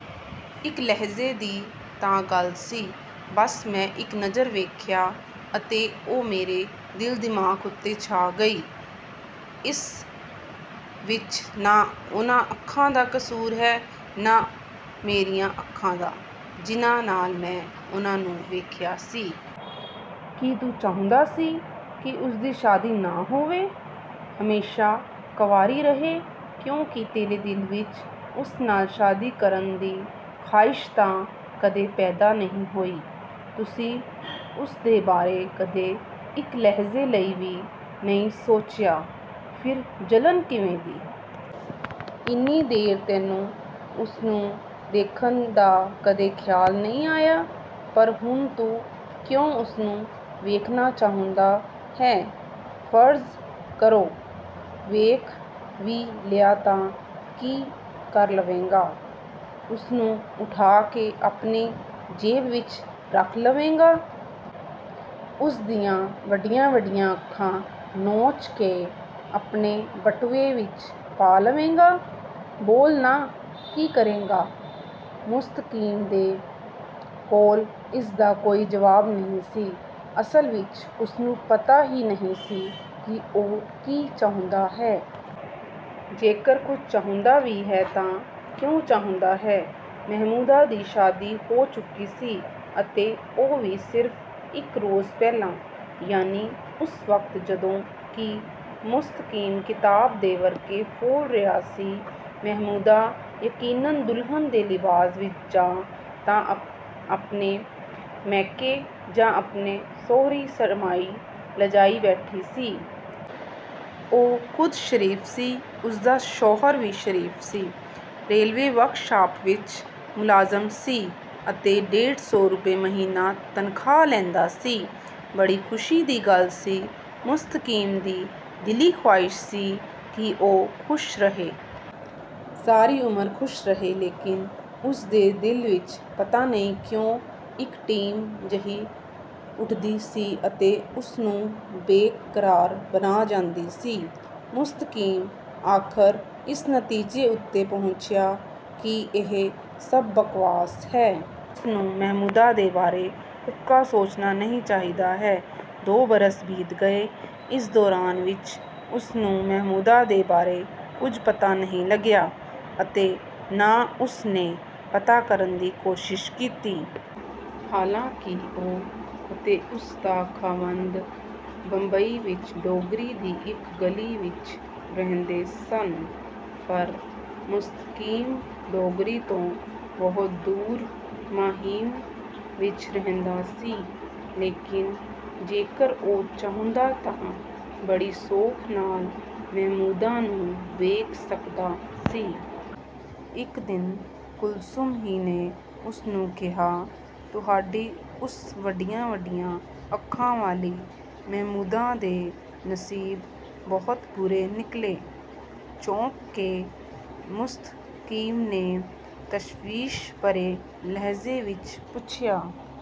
ਇੱਕ ਲਹਿਜੇ ਦੀ ਤਾਂ ਗੱਲ ਸੀ। ਬਸ ਮੈਂ ਇੱਕ ਨਜ਼ਰ ਵੇਖਿਆ ਅਤੇ ਉਹ ਮੇਰੇ ਦਿਲ ਦਿਮਾਗ਼ ਉੱਤੇ ਛਾ ਗਈ। ਇਸ ਵਿੱਚ ਨਾ ਉਨ੍ਹਾਂ ਅੱਖਾਂ ਦਾ ਕੁਸੂਰ ਹੈ, ਨਾ ਮੇਰੀਆਂ ਅੱਖਾਂ ਦਾ ਜਿਨ੍ਹਾਂ ਨਾਲ ਮੈਂ ਉਨ੍ਹਾਂ ਨੂੰ ਵੇਖਿਆ ਸੀ। ਕੀ ਤੂੰ ਚਾਹੁੰਦਾ ਸੀ ਕਿ ਉਸ ਦੀ ਸ਼ਾਦੀ ਨਾ ਹੋਵੇ? ਹਮੇਸ਼ਾ ਕੰਵਾਰੀ ਰਹੇ, ਕਿਉਂਕਿ ਤੇਰੇ ਦਿਲ ਵਿੱਚ ਉਸ ਨਾਲ ਸ਼ਾਦੀ ਕਰਨ ਦੀ ਖ਼ਾਹਿਸ਼ ਤਾਂ ਕਦੇ ਪੈਦਾ ਨਹੀਂ ਹੋਈ, ਤੁਸੀਂ ਉਸ ਦੇ ਬਾਰੇ ਕਦੇ ਇੱਕ ਲਹਿਜ਼ੇ ਲਈ ਵੀ ਨਹੀਂ ਸੋਚਿਆ, ਫਿਰ ਜਲਨ ਕਿਵੇਂ ਦੀ? ਇੰਨੀ ਦੇਰ ਤੈਨੂੰ ਉਸਨੂੰ ਦੇਖਣ ਦਾ ਕਦੇ ਖ਼ਿਆਲ ਨਹੀਂ ਆਇਆ, ਪਰ ਹੁਣ ਤੂੰ ਕਿਉਂ ਉਸਨੂੰ ਵੇਖਣਾ ਚਾਹੁੰਦਾ ਹੈਂ? ਫ਼ਰਜ਼ ਕਰੋ ਵੇਖ ਵੀ ਲਿਆ ਤਾਂ ਕੀ ਕਰ ਲਵੇਂਗਾ, ਉਸਨੂੰ ਉਠਾ ਕੇ ਆਪਣੀ ਜੇਬ ਵਿੱਚ ਰੱਖ ਲਵੇਂਗਾ.? ਉਸ ਦੀਆਂ ਵੱਡੀਆਂ-ਵੱਡੀਆਂ ਅੱਖਾਂ ਨੋਚ ਕੇ ਆਪਣੇ ਬਟੂਏ ਵਿੱਚ ਪਾ ਲਵੇਂਗਾ? ਬੋਲ ਨਾ, ਕੀ ਕਰੇਂਗਾ?" ਮੁਸਤਕੀਮ ਦੇ ਕੋਲ ਇਸ ਦਾ ਕੋਈ ਜਵਾਬ ਨਹੀਂ ਸੀ। ਅਸਲ ਵਿੱਚ ਉਸਨੂੰ ਪਤਾ ਹੀ ਨਹੀਂ ਸੀ ਕਿ ਉਹ ਕੀ ਚਾਹੁੰਦਾ ਹੈ। ਜੇਕਰ ਕੁੱਝ ਚਾਹੁੰਦਾ ਵੀ ਹੈ ਤਾਂ ਕਿਉਂ ਚਾਹੁੰਦਾ ਹੈ? ਮਹਿਮੂਦਾ ਦੀ ਸ਼ਾਦੀ ਹੋ ਚੁੱਕੀ ਸੀ, ਅਤੇ ਉਹ ਵੀ ਸਿਰਫ ਇੱਕ ਰੋਜ਼ ਪਹਿਲਾਂ। ਯਾਨੀ ਉਸ ਵਕਤ ਜਦੋਂ ਕਿ ਮੁਸਤਕੀਮ ਕਿਤਾਬ ਦੇ ਵਰਕੇ ਫ਼ੋਲ ਰਿਹਾ ਸੀ, ਮਹਿਮੂਦਾ ਯਕੀਨਨ ਦੁਲਹਨ ਦੇ ਲਿਬਾਸ ਵਿੱਚ ਜਾਂ ਤਾਂ ਆਪਣੇ ਮੈਕੇ ਜਾਂ ਆਪਣੀ ਸਹੁਰੀਂ ਸ਼ਰਮਾਈ ਲੱਜਾਈ ਬੈਠੀ ਸੀ। ਉਹ ਖ਼ੁਦ ਸ਼ਰੀਫ ਸੀ, ਉਸ ਦਾ ਸ਼ੌਹਰ ਵੀ ਸ਼ਰੀਫ ਸੀ, ਰੇਲਵੇ ਵਰਕਸ਼ਾਪ ਵਿੱਚ ਮੁਲਾਜ਼ਮ ਸੀ ਅਤੇ ਡੇਢ ਸੌ ਰੁਪਏ ਮਹੀਨਾ ਤਨਖ਼ਾਹ ਲੈਂਦਾ ਸੀ। ਬੜੀ ਖੁਸ਼ੀ ਦੀ ਗੱਲ ਸੀ। ਮੁਸਤਕੀਮ ਦੀ ਦਿਲੀ ਖ਼ਾਹਿਸ਼ ਸੀ ਕਿ ਉਹ ਖ਼ੁਸ਼ ਰਹੇ। ਸਾਰੀ ਉਮਰ ਖ਼ੁਸ਼ ਰਹੇ। ਲੇਕਿਨ ਉਸ ਦੇ ਦਿਲ ਵਿੱਚ ਪਤਾ ਨਹੀਂ ਕਿਉਂ ਇੱਕ ਟੀਸ ਜਹੀ ਉੱਠਦੀ ਸੀ ਅਤੇ ਉਸਨੂੰ ਬੇਕਰਾਰ ਬਣਾ ਜਾਂਦੀ ਸੀ। ਮੁਸਤਕੀਮ ਆਖਰ ਇਸ ਨਤੀਜੇ ਉੱਤੇ ਪਹੁੰਚਿਆ ਕਿ ਇਹ ਸਭ ਬਕਵਾਸ ਹੈ। ਉਸਨੂੰ ਮਹਿਮੂਦਾ ਦੇ ਬਾਰੇ ਉੱਕਾ ਸੋਚਣਾ ਨਹੀਂ ਚਾਹੀਦਾ ਹੈ। ਦੋ ਬਰਸ ਬੀਤ ਗਏ। ਇਸ ਦੌਰਾਨ ਵਿੱਚ ਉਸਨੂੰ ਮਹਿਮੂਦਾ ਦੇ ਬਾਰੇ ਕੁੱਝ ਪਤਾ ਨਹੀਂ ਲੱਗਿਆ ਅਤੇ ਨਾ ਉਸ ਨੇ ਪਤਾ ਕਰਨ ਦੀ ਕੋਸ਼ਿਸ਼ ਕੀਤੀ। ਹਾਲਾਂ ਕਿ ਉਹ ਅਤੇ ਉਸ ਦਾ ਖ਼ਾਵੰਦ ਬੰਬਈ ਵਿੱਚ ਡੋਂਗਰੀ ਦੀ ਇੱਕ ਗਲੀ ਵਿੱਚ ਰਹਿੰਦੇ ਸਨ। ਪਰ ਮੁਸਤਕੀਮ ਡੋਂਗਰੀ ਤੋਂ ਬਹੁਤ ਦੂਰ ਮਾਹਿਮ ਵਿੱਚ ਰਹਿੰਦਾ ਸੀ, ਲੇਕਿਨ ਜੇਕਰ ਉਹ ਚਾਹੁੰਦਾ ਤਾਂ ਬੜੀ ਸੌਖ ਨਾਲ ਮਹਿਮੂਦਾ ਨੂੰ ਵੇਖ ਸਕਦਾ ਸੀ। ਇੱਕ ਦਿਨ ਕੁਲਸੁਮ ਹੀ ਨੇ ਉਸ ਨੂੰ ਕਿਹਾ। "ਤੁਹਾਡੀ ਉਸ ਵੱਡੀਆਂ-ਵੱਡੀਆਂ ਅੱਖਾਂ ਵਾਲੀ ਮਹਿਮੂਦਾ ਦੇ ਨਸੀਬ ਬਹੁਤ ਬੁਰੇ ਨਿਕਲੇ! " ਚੌਂਕ ਕੇ ਮੁਸਤਕੀਮ ਨੇ ਤਸ਼ਵੀਸ਼ ਭਰੇ ਲਹਿਜੇ ਵਿੱਚ ਪੁੱਛਿਆ।